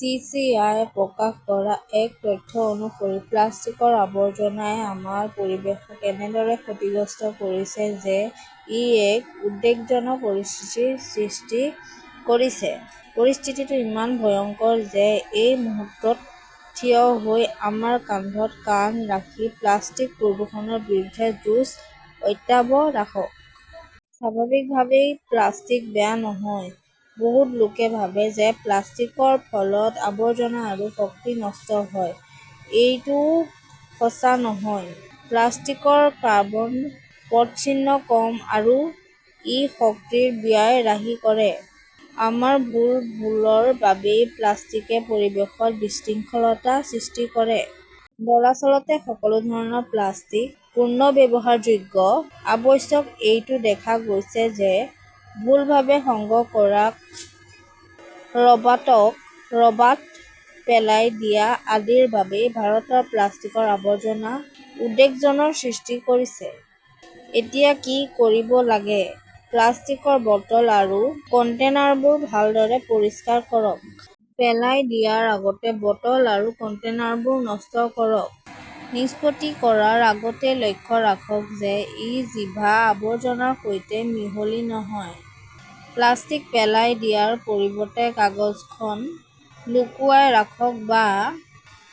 C. C. I. প্ৰকাশ কৰা এক তথ্য অনুসৰি, প্লাষ্টিকৰ আৱৰ্জনাই আমাৰ পৰিৱেশক এনেদৰে ক্ষতিগ্ৰস্ত কৰিছে যে ই এক উদ্বেগজনক পৰিস্থিতিৰ সৃষ্টি কৰিছে। পৰিস্থিতিটো ইমান ভয়ংকৰ যে এই মুহূৰ্তত থিয় হৈ আমাৰ কান্ধত কান্ধ ৰাখি প্লাষ্টিক প্ৰদূষণৰ বিৰুদ্ধে যুঁজ অব্যাহত ৰাখক। স্বাভাৱিকভাৱেই প্লাষ্টিক বেয়া নহয়। বহুতো লোকে ভাবে যে প্লাষ্টিকৰ ফলত আৱৰ্জনা আৰু শক্তি নষ্ট হয় ,এইটোও সঁচা নহয়। প্লাষ্টিকৰ কাৰ্বন পদচিহ্ন কম আৰু ই শক্তিৰ ব্যয় ৰাহি কৰে। আমাৰ ভুল-ভুলৰ বাবেই প্লাষ্টিকে পৰিৱেশত বিশৃংখলতাৰ সৃষ্টি কৰে। দৰাচলতে, সকলো ধৰণৰ প্লাষ্টিক পুনৰ্ব্যৱহাৰযোগ্য। অৱশ্যে এইটো দেখা গৈছে যে ভুলভাৱে সংগ্ৰহ কৰা ক ৰবাত-ক ৰবাত পেলাই দিয়া আদিৰ বাবেই ভাৰতত প্লাষ্টিকৰ আৱৰ্জনা উদ্বেগৰ সৃষ্টি কৰিছে। এতিয়া কি কৰিব লাগে? প্লাষ্টিকৰ বটল আৰু কণ্টেইনাৰবোৰ ভালদৰে পৰিষ্কাৰ কৰক। পেলাই দিয়াৰ আগতে বটল আৰু কণ্টেইনাৰবোৰ নষ্ট কৰক। নিষ্পত্তি কৰাৰ আগতে লক্ষ্য ৰাখক যে ই ভিজা আৱৰ্জনাৰ সৈতে মিহলি নহয়। প্লাষ্টিক পেলাই দিয়াৰ পৰিৱৰ্তে কাগজখন লুকুৱাই ৰাখক বা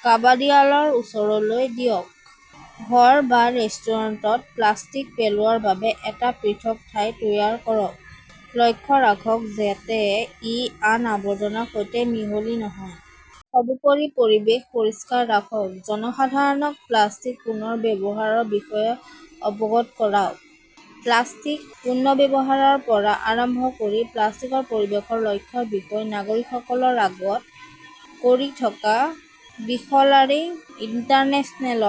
কাবাদীৱালাৰ ওচৰলৈ দিয়ক। ঘৰ বা ৰেষ্টুৰেণ্টত প্লাষ্টিক পেলোৱাৰ বাবে এটা পৃথক ঠাই তৈয়াৰ কৰক, লক্ষ্য ৰাখক যাতে ই আন আৱৰ্জনাৰ সৈতে মিহলি নহয়। সৰ্বোপৰি, পৰিৱেশ পৰিষ্কাৰ ৰাখক। জনসাধাৰণক প্লাষ্টিক পুনৰ ব্যৱহাৰৰ বিষয়ে অৱগত কৰক। প্লাষ্টিক পুনৰ্ব্যৱহাৰৰ পৰা আৰম্ভ কৰি পৰিষ্কাৰ পৰিৱেশৰ লক্ষ্যৰ বিষয়ে নাগৰিকসকলক অৱগত কৰি থকা বিসলাৰী ইণ্টাৰনেশ্যনেল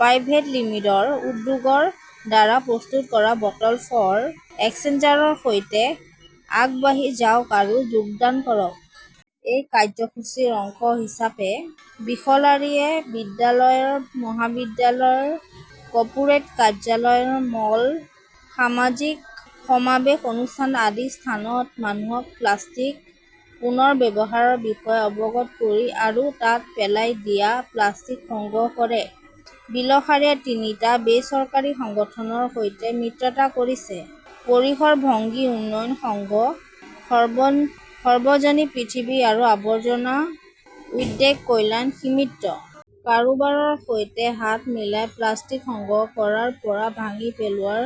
প্ৰাইভেট লিমিটেডৰ উদ্যোগৰ দ্বাৰা প্ৰস্তুত কৰা বটল ফৰ এক্সচেঞ্জৰ সৈতে আগবাঢ়ি যাওক আৰু যোগদান কৰক। এই কাৰ্যসূচীৰ অংশ হিচাপে বিসলাৰীয়ে বিদ্যালয়, মহাবিদ্যালয়, কৰ্পোৰেট, কাৰ্যালয়, মল, সামাজিক সমাৱেশ, অনুষ্ঠান আদি স্থানত মানুহক প্লাষ্টিক পুনৰ ব্যৱহাৰৰ বিষয়ে অৱগত কৰে আৰু তাত পেলাই দিয়া প্লাষ্টিক সংগ্ৰহ কৰে। বিসলাৰীয়ে তিনিটা বেচৰকাৰী সংগঠনৰ সৈতে মিত্ৰতা কৰিছে পৰিসৰ ভগ্নী উন্নয়ন সংঘ, সৰ্বজনীন পৃথিৱী আৰু আৱৰ্জনা উদ্বেগ কল্যাণ সমিতি। কাৰোবাৰ সৈতে হাত মিলাই প্লাষ্টিক সংগ্ৰহ কৰাৰ পৰা ভাঙি পেলোৱা,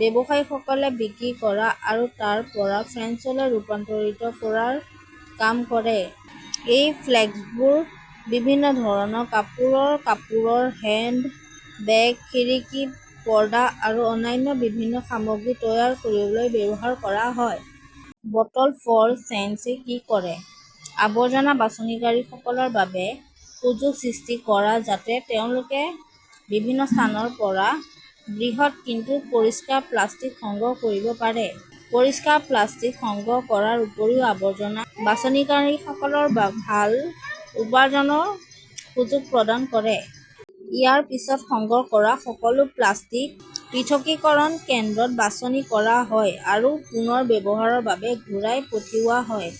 ব্যৱসায়ীসকলক বিক্ৰী কৰা, আৰু তাৰ পৰা ফ্লেক্সলৈ ৰূপান্তৰিত কৰাৰ কাম কৰে। এই ফ্লেক্সবোৰ বিভিন্ন ধৰণৰ কাপোৰৰ কাপোৰ, হেণ্ড বেগ, খিৰিকীৰ পৰ্দা আৰু অন্যান্য বিভিন্ন সামগ্ৰী তৈয়াৰ কৰিবলৈ ব্যৱহাৰ কৰা হয়। বটল ফৰ চেঞ্জ এ কি কৰে? আৱৰ্জনা বাছনিকাৰীসকলৰ বাবে সুযোগ সৃষ্টি কৰা যাতে তেওঁলোকে বিভিন্ন স্থানৰ পৰা ব্যৱহৃত কিন্তু পৰিষ্কাৰ প্লাষ্টিক সংগ্ৰহ কৰিব পাৰে। পৰিষ্কাৰ প্লাষ্টিক সংগ্ৰহ কৰাৰ উপৰিও আৱৰ্জনা বাছনিকাৰীসকলক ভাল উপাৰ্জনৰ সুযোগ প্ৰদান কৰে। ইয়াৰ পিছত সংগ্ৰহ কৰা সকলো প্লাষ্টিক পৃথকীকৰণ কেন্দ্ৰত বাছনি কৰা হয় আৰু পুনৰ ব্যৱহাৰৰ বাবে ঘূৰাই পঠিওৱা হয়।